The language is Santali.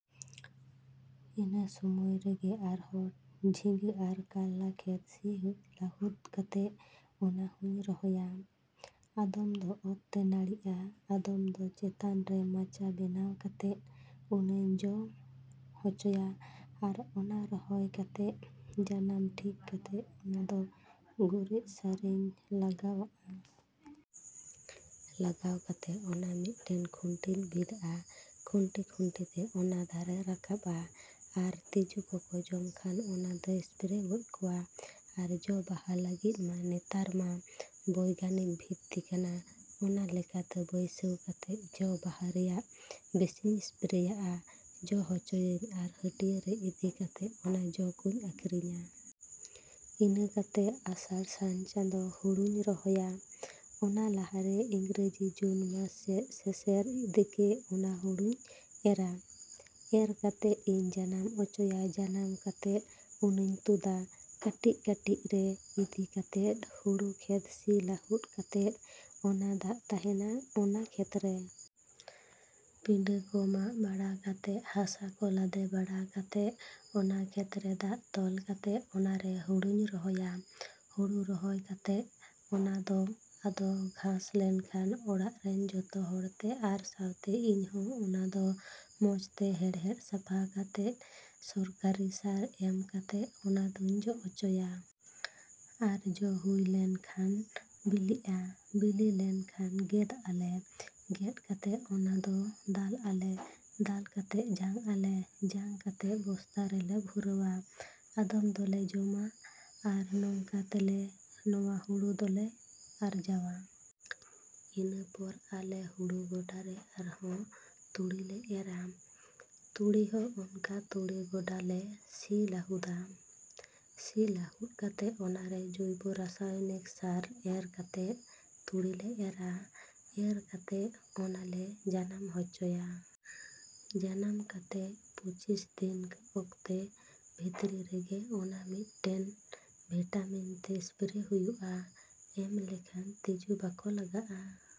ᱤᱱᱟᱹ ᱥᱚᱢᱚᱭ ᱨᱮᱜᱮ ᱟᱨᱦᱚᱸ ᱡᱷᱤᱸᱜᱟᱹ ᱟᱨ ᱠᱟᱨᱞᱟ ᱠᱷᱮᱛ ᱥᱤ ᱞᱟᱹᱦᱩᱫ ᱠᱟᱛᱮᱫ ᱚᱱᱟ ᱦᱚᱧ ᱨᱚᱦᱚᱭᱟ᱾ ᱟᱫᱷᱚᱢ ᱫᱚ ᱚᱛ ᱛᱮ ᱱᱟᱹᱲᱤᱜᱼᱟ, ᱟᱫᱷᱚᱢ ᱫᱚ ᱪᱮᱛᱟᱱ ᱨᱮ ᱢᱟᱪᱟ ᱵᱮᱱᱟᱣ ᱠᱟᱛᱮᱫ ᱚᱱᱟᱧ ᱡᱚ ᱦᱚᱪᱚᱭᱟ᱾ ᱟᱨ ᱚᱱᱟ ᱨᱚᱦᱚᱭ ᱠᱟᱛᱮᱫ ᱡᱟᱱᱟᱢ ᱴᱷᱤᱠ ᱠᱟᱛᱮᱫ ᱚᱱᱟ ᱫᱚ ᱜᱩᱨᱤᱡ ᱥᱟᱨᱤᱧ ᱞᱟᱜᱟᱣ ᱟᱜᱼᱟ᱾ ᱞᱟᱜᱟᱣ ᱠᱟᱛᱮᱫ ᱚᱱᱟ ᱢᱤᱫᱴᱮᱱ ᱠᱷᱩᱱᱴᱤᱧ ᱵᱤᱫᱟᱜᱼᱟ᱾ ᱠᱷᱩᱱᱴᱤᱼᱠᱷᱩᱱᱴᱤ ᱛᱮ ᱚᱱᱟ ᱫᱟᱨᱮ ᱨᱟᱠᱟᱵᱚᱜᱼᱟ᱾ ᱟᱨ ᱛᱤᱡᱩ ᱠᱚᱠᱚ ᱡᱚᱢ ᱠᱷᱟᱱ ᱚᱱᱟ ᱫᱚ ᱥᱯᱨᱮ ᱜᱚᱡ ᱠᱚᱣᱟ᱾ ᱟᱨ ᱡᱚ ᱵᱟᱦᱟᱜ ᱞᱟᱹᱜᱤᱫ ᱢᱟ ᱱᱮᱛᱟᱨ ᱢᱟ ᱵᱳᱭᱜᱟᱱᱤᱠ ᱵᱷᱤᱛᱛᱤ ᱠᱟᱱᱟ᱾ ᱚᱱᱟ ᱞᱮᱠᱟᱛᱮ ᱵᱟᱹᱭᱥᱟᱹᱣ ᱠᱟᱛᱮᱫ ᱡᱚᱼᱵᱟᱦᱟᱜ ᱨᱮᱭᱟᱜ ᱵᱤᱥᱤᱧ ᱥᱯᱨᱮᱭᱟᱜᱼᱟ, ᱡᱚ ᱦᱚᱪᱚᱭᱟᱹᱧ ᱟᱨ ᱦᱟᱹᱴᱭᱟᱹ ᱨᱮ ᱤᱫᱤ ᱠᱟᱛᱮᱫ ᱚᱱᱟ ᱡᱚᱧ ᱟᱹᱠᱷᱨᱤᱧᱟ᱾ ᱤᱱᱟᱹ ᱠᱟᱛᱮᱫ ᱟᱥᱟᱲᱼᱥᱟᱱ ᱪᱟᱸᱫᱚ ᱦᱩᱲᱩᱧ ᱨᱚᱦᱚᱭᱟ᱾ ᱚᱱᱟ ᱞᱟᱦᱟᱨᱮ ᱤᱝᱨᱮᱡᱤ ᱡᱩᱱ ᱢᱟᱥ ᱥᱮᱫ ᱥᱮᱥᱮᱨ ᱫᱤᱠᱮ ᱚᱱᱟ ᱦᱩᱲᱩᱧ ᱮᱨᱟ᱾ ᱮᱨ ᱠᱟᱛᱮᱫ ᱤᱧ ᱡᱟᱱᱟᱢ ᱦᱚᱪᱚᱭᱟ᱾ ᱡᱟᱱᱟᱢ ᱠᱟᱛᱮᱫ ᱚᱱᱟᱧ ᱛᱩᱫᱟ ᱠᱟᱹᱴᱤᱡᱼᱠᱟᱹᱴᱤᱡ ᱨᱮ ᱤᱫᱤ ᱠᱟᱛᱮᱫ ᱦᱩᱲᱩ ᱠᱷᱮᱛ ᱥᱤ ᱞᱟᱹᱦᱩᱫ ᱠᱟᱛᱮᱫ ᱚᱱᱟ ᱫᱟᱜ ᱛᱟᱦᱮᱱᱟ ᱚᱱᱟ ᱠᱷᱮᱛᱨᱮ᱾ ᱯᱤᱰᱷᱟᱹ ᱠᱚ ᱢᱟᱜ ᱵᱟᱲᱟ ᱠᱟᱛᱮᱫ, ᱦᱟᱥᱟ ᱠᱚ ᱞᱟᱫᱮ ᱵᱟᱲᱟ ᱠᱟᱛᱮᱫ ᱚᱱᱟ ᱠᱷᱮᱛ ᱨᱮ ᱫᱟᱜ ᱛᱚᱞ ᱠᱟᱛᱮᱫ ᱚᱱᱟᱨᱮ ᱦᱩᱲᱩᱧ ᱨᱚᱦᱚᱭᱟ᱾ ᱦᱩᱲᱩ ᱨᱚᱦᱚᱭ ᱠᱟᱛᱮᱫ ᱚᱱᱟ ᱫᱚ ᱟᱫᱚ ᱜᱷᱟᱥ ᱞᱮᱱᱠᱷᱟᱱ ᱚᱲᱟᱜ ᱨᱮᱱ ᱡᱚᱛᱚ ᱦᱚᱲᱛᱮ ᱟᱨ ᱥᱟᱣᱛᱮ ᱤᱧ ᱦᱚᱸ ᱚᱱᱟ ᱫᱚ ᱢᱚᱡᱽ ᱛᱮ ᱦᱮᱲᱦᱮᱫ ᱥᱟᱯᱷᱟ ᱠᱟᱛᱮᱫ ᱥᱚᱨᱠᱟᱨᱤ ᱥᱟᱨ ᱮᱢ ᱠᱟᱛᱮᱫ ᱚᱱᱟ ᱫᱩᱧ ᱡᱚ ᱦᱚᱪᱚᱭᱟ᱾ ᱟᱨ ᱡᱚ ᱦᱩᱭ ᱞᱮᱱᱠᱷᱟᱱ ᱵᱤᱞᱤᱜᱼᱟ᱾ ᱵᱤᱞᱤ ᱞᱮᱱᱠᱷᱟᱱ ᱜᱮᱫ ᱟᱞᱮ᱾ ᱜᱮᱫ ᱠᱟᱛᱮᱫ ᱚᱱᱟ ᱫᱚ ᱫᱟᱞ ᱟᱞᱮ᱾ ᱫᱟᱞ ᱠᱟᱛᱮᱫ ᱡᱟᱝ ᱟᱞᱮ᱾ ᱡᱟᱝ ᱠᱟᱛᱮᱫ ᱵᱚᱥᱛᱟ ᱨᱮᱞᱮ ᱵᱷᱚᱨᱟᱣᱟ᱾ ᱟᱫᱚᱢ ᱫᱚᱞᱮ ᱡᱚᱢᱟ᱾ ᱟᱨ ᱱᱚᱝᱠᱟ ᱛᱮ ᱞᱮ ᱱᱚᱣᱟ ᱦᱩᱲᱩ ᱫᱚᱞᱮ ᱟᱨᱡᱟᱣᱟ᱾ ᱤᱱᱟᱹ ᱯᱚᱨ ᱟᱞᱮ ᱦᱩᱲᱩ ᱜᱚᱰᱟᱨᱮ ᱟᱨᱦᱚᱸ ᱛᱩᱲᱤ ᱞᱮ ᱮᱨᱟ᱾ ᱛᱩᱲᱤ ᱦᱚᱸ ᱚᱱᱠᱟ ᱛᱩᱲᱤ ᱜᱚᱰᱟ ᱞᱮ ᱥᱤ ᱞᱟᱹᱦᱩᱫᱟ᱾ ᱥᱤ ᱞᱟᱹᱦᱩᱫ ᱠᱟᱛᱮᱫ ᱚᱱᱟᱨᱮ ᱡᱳᱭᱵᱚ ᱨᱟᱥᱟᱭᱚᱱᱤᱠ ᱥᱟᱨ ᱮᱨ ᱠᱟᱛᱮᱫ ᱛᱩᱲᱤᱞᱮ ᱮᱨᱟ᱾ ᱮᱨ ᱠᱟᱛᱮᱫ ᱚᱱᱟᱞᱮ ᱡᱟᱱᱟᱢ ᱦᱚᱪᱚᱭᱟ᱾ ᱡᱟᱱᱟᱢ ᱠᱟᱛᱮᱫ ᱯᱚᱸᱪᱤᱥ ᱫᱤᱱ ᱚᱠᱛᱮ ᱵᱷᱤᱛᱨᱤ ᱨᱮᱜᱮ ᱚᱱᱟ ᱢᱤᱫᱴᱮᱱ ᱵᱷᱤᱴᱟᱢᱤᱱ ᱛᱮ ᱥᱯᱨᱮ ᱦᱩᱭᱩᱜᱼᱟ᱾ ᱮᱢ ᱞᱮᱠᱷᱟᱱ ᱛᱤᱡᱩ ᱵᱟᱠᱚ ᱞᱟᱜᱟᱜᱼᱟ᱾